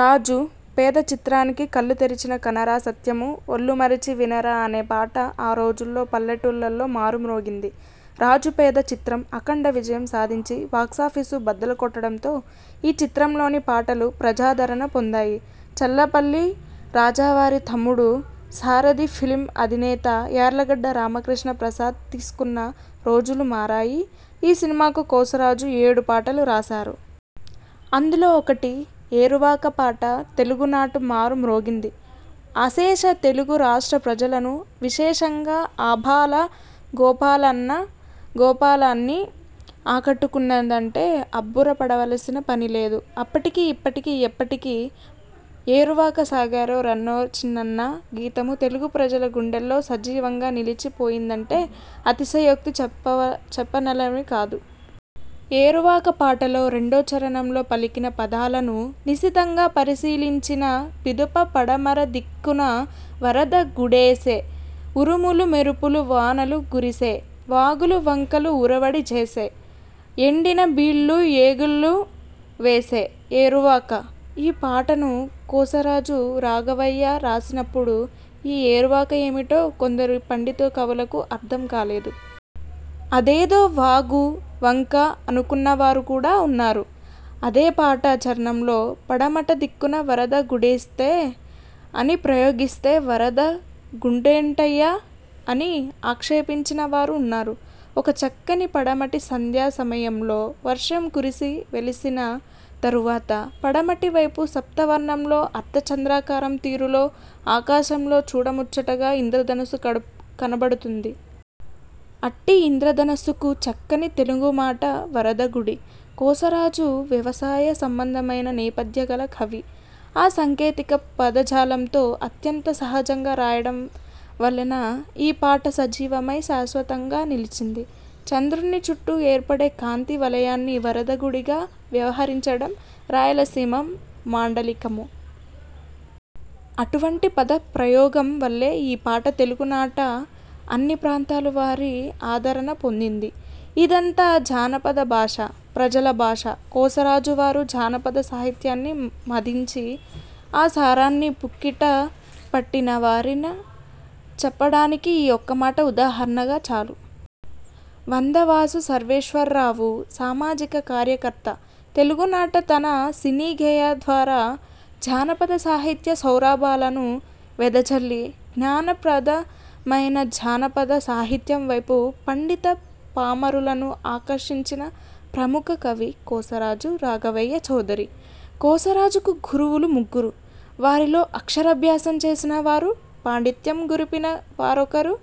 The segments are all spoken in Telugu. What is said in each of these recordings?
రాజు, పేద చిత్రానికి కళ్ళు తెరిచి కనరా సత్యము, ఒళ్ళు మరచి వినరా అనే పాట ఆ రోజుల్లో పల్లెటూళ్ల లో మారుమ్రోగింది. ''రాజుపేద'' చిత్రం అఖండ విజయం సాధించి బాక్సాఫీసు బద్దలు కొట్టడంతో ఈ చిత్రంలోని పాటలూ ప్రజాదరణ పొందాయి. చల్లపల్లి రాజావారి తమ్ముడు, సారధి ఫిల్మ్ అధినేత యార్లగడ్డ రామకృష్ణ ప్రసాద్ తీసుకున్న ''రోజులు మారాయి'' ఈ సినిమాకు కొసరాజు ఏడు పాటలు రాశారు. అందులో ఒకటి ఏరువాక పాట తెలుగునాట మారు మ్రోగింది. అశేష తెలుగు రాష్ట్ర ప్రజలను విశేషంగా ఆబాల గోపాలన్నా గోపాలాన్ని ఆకట్టుకున్నదంటే అబ్బుర పడవలసిన పనిలేదు. అప్పటికీ, ఇప్పటికీ ఏప్పటికీ''ఏరువాక సాగారో రన్నో చిన్నన్నా'' గీతము తెలుగు ప్రజల గుండెల్లో సజీవంగా నిలచి పోయిందంటే అతిశ యోక్తిగా చెప్పుకోవ చెప్పనలవికాదు. ఏరువాక పాటలో రెండో చరణంలో పలికిన పదాలను నిశితంగా పరిశీలించిన పిదప పడమర దిక్కున వరద గుడేసే, ఉరుములు మెరుపుల వానలు గురిసే వాగులు వంకలు ఉరవడి జేసే, ఎండిన బీళ్ళు యిగుళ్ళు వేసే ఏరువాక, ఈ పాటను కొసరాజు రాఘవయ్య రాసినప్పుడు, ఈ ఏరువాక ఏమిటో, కొందరు పండిత కవులకు అర్థం కాలేదు. అదేదో వాగు, వంకా అనుకున్న వారు కూడా ఉన్నారు. అదే పాట చరణంలో ''పడమట దిక్కున వరద గుడేస్తే'' అని ప్రయోగిస్తే వరద గుడేంటయ్యా! అని ఆక్షేపించిన వారు ఉన్నారు. ఒక చక్కని పడమటి సంధ్యా సమయంలో వర్షం కురిసి వెలసిన తరువాత పడమటి వైపు సప్త వర్ణంలో అర్ధ చంద్రాకారం తీరులో ఆకాశంలో చూడ ముచ్చటగా ఇంధ్రధనస్సు కడు కనపడుతుంది. అట్టి ఇంధ్రధనస్సుకు చక్కని తెనుగుమాట ''వరదగుడి''. కొసరాజు వ్యవసాయ సంబంధమైన నేపథ్యం గల కవి. ఆ సాంకేతిక పద జాలంతో అత్యంత సహజంగా రాయడం వలన ఈ పాట సజీవమై శాశ్వతంగా నిలిచింది. చంద్రుని చుట్టూ ఏర్పడే కాంతి వలయాన్ని వరదగుడి గా వ్యవహరించడం రాయలసీమ మాండలికము. అటువంటి పద ప్రయోగం వల్లే ఈ పాట తెలుగు నాట అన్ని ప్రాంతాల వారి ఆదరణ పొందింది. ఇదంతా జానపద భాష, ప్రజల భాష కొసరాజు వారు జానపద సాహిత్యాన్ని మదించి ఆ సారాన్ని పుక్కిట పట్టిన వారని చెప్పడానికి ఈ ఒక్క ఉదాహరణ చాలు. వందవాసు సర్వేశ్వరరావు సామాజిక కార్యకర్త తెలుగు నాట తన సినీ గేయాల ద్వారా జానపద సాహిత్య సౌరభాలను వెదజల్లి, జ్ఞాన ప్రదమైన జానపద సాహిత్యం వైపు పండిత పామరులను ఆకర్షించిన ప్రముఖ కవి కొసరాజు రాఘవయ్య చౌదరి. కొసరాజుకు గురువులు ముగ్గురు. వారిలో అక్షరా భ్యాసం చేసిన వారు, పాండిత్యం గరిపిన వారొకరు,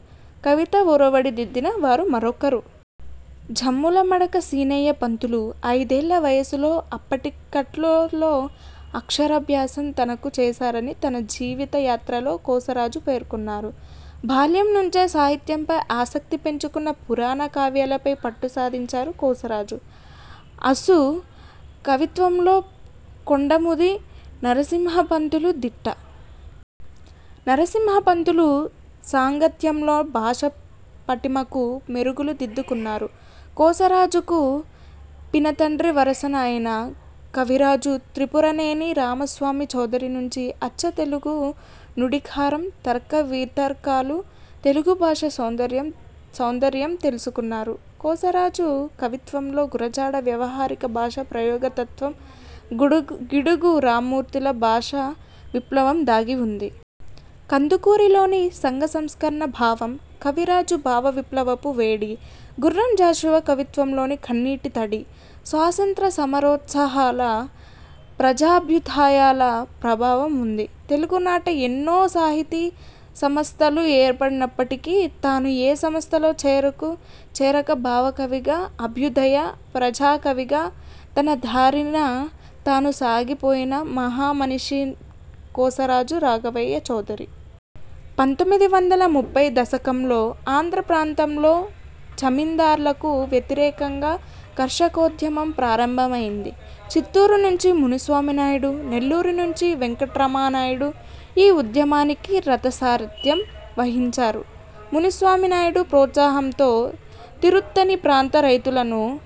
కవితా ఒరవడి దిద్దిన వారు మరొకరు. జమ్ముల మడక శీనయ్య పంతులు ఐదేళ్ళ వయసులో అప్పిటికట్ల లో అక్షరా భ్యాసం తనకు చేశారని తన జీవిత యాత్రలో కొసరాజు పేర్కొన్నారు. బాల్యం నుంచే సాహిత్యంపై ఆసక్తి పెంచుకుని పురాణ కావ్యాలపై పట్టు సాధించారు కొసరాజు. అశు కవిత్వంలో కొండముది నరసింహ పంతులు దిట్ట. నరసింహ పంతులు సాంగత్యంలో భాషా పటిమకు మెరుగులు దిద్దు కున్నారు. కొసరాజుకు పిన తండ్రి వరుసన అయిన కవిరాజు త్రిపురనేని రామస్వామి చౌదరి నుంచి అచ్చ తెనుగు నుడి కారం తర్క వితర్కాలు, తెలుగు భాషా సౌదర్యం సౌందర్యం తెలుసుకున్నారు. కొసరాజు కవిత్వంలో గురజాడ వ్యవహారిక భాషా ప్రయోగ తత్వం, గుడు గిడుగు రామమూర్తి ల భాషా విప్లవం దాగి ఉంది. కందుకూరి లోని సంఘ సంస్కరణ భావం, కవిరాజు భావ విప్లవపు వేడి, గుర్రం జాషువా కవిత్వంలోని కన్నీటి తడి, స్వాసంత్య్ర సమరోత్సాహాల, ప్రజాభ్యుదయాల ప్రభావం ఉంది. తెలుగునాట ఎన్నో సాహితీ సమస్థలు ఏర్పడినప్పటికీ తాను ఏ సంస్థలో చెరకు చేరక భావ కవిగా, అభ్యుదయ, ప్రజాకవిగా తన దారిన తాను సాగి పోయిన మహామనీషి కొసరాజు రాఘవయ్య చౌదరి. పంతొమ్మిది వందల ముప్పైవ దశకంలో ఆంధ్ర ప్రాంతంలో జమీందార్లకు వ్యతిరేకంగా కర్షకోద్యమం ప్రారంభమైంది. చిత్తూరు నుంచి మునిస్వామి నాయుడు, నెల్లూరు నుంచి వెంకట్రామా నాయుడు ఈ ఉద్యమానికి రథసారధ్యం వహించారు. మునిస్వామి నాయుడు ప్రోత్సాహం తో తిరుత్తణి ప్రాంత రైతులను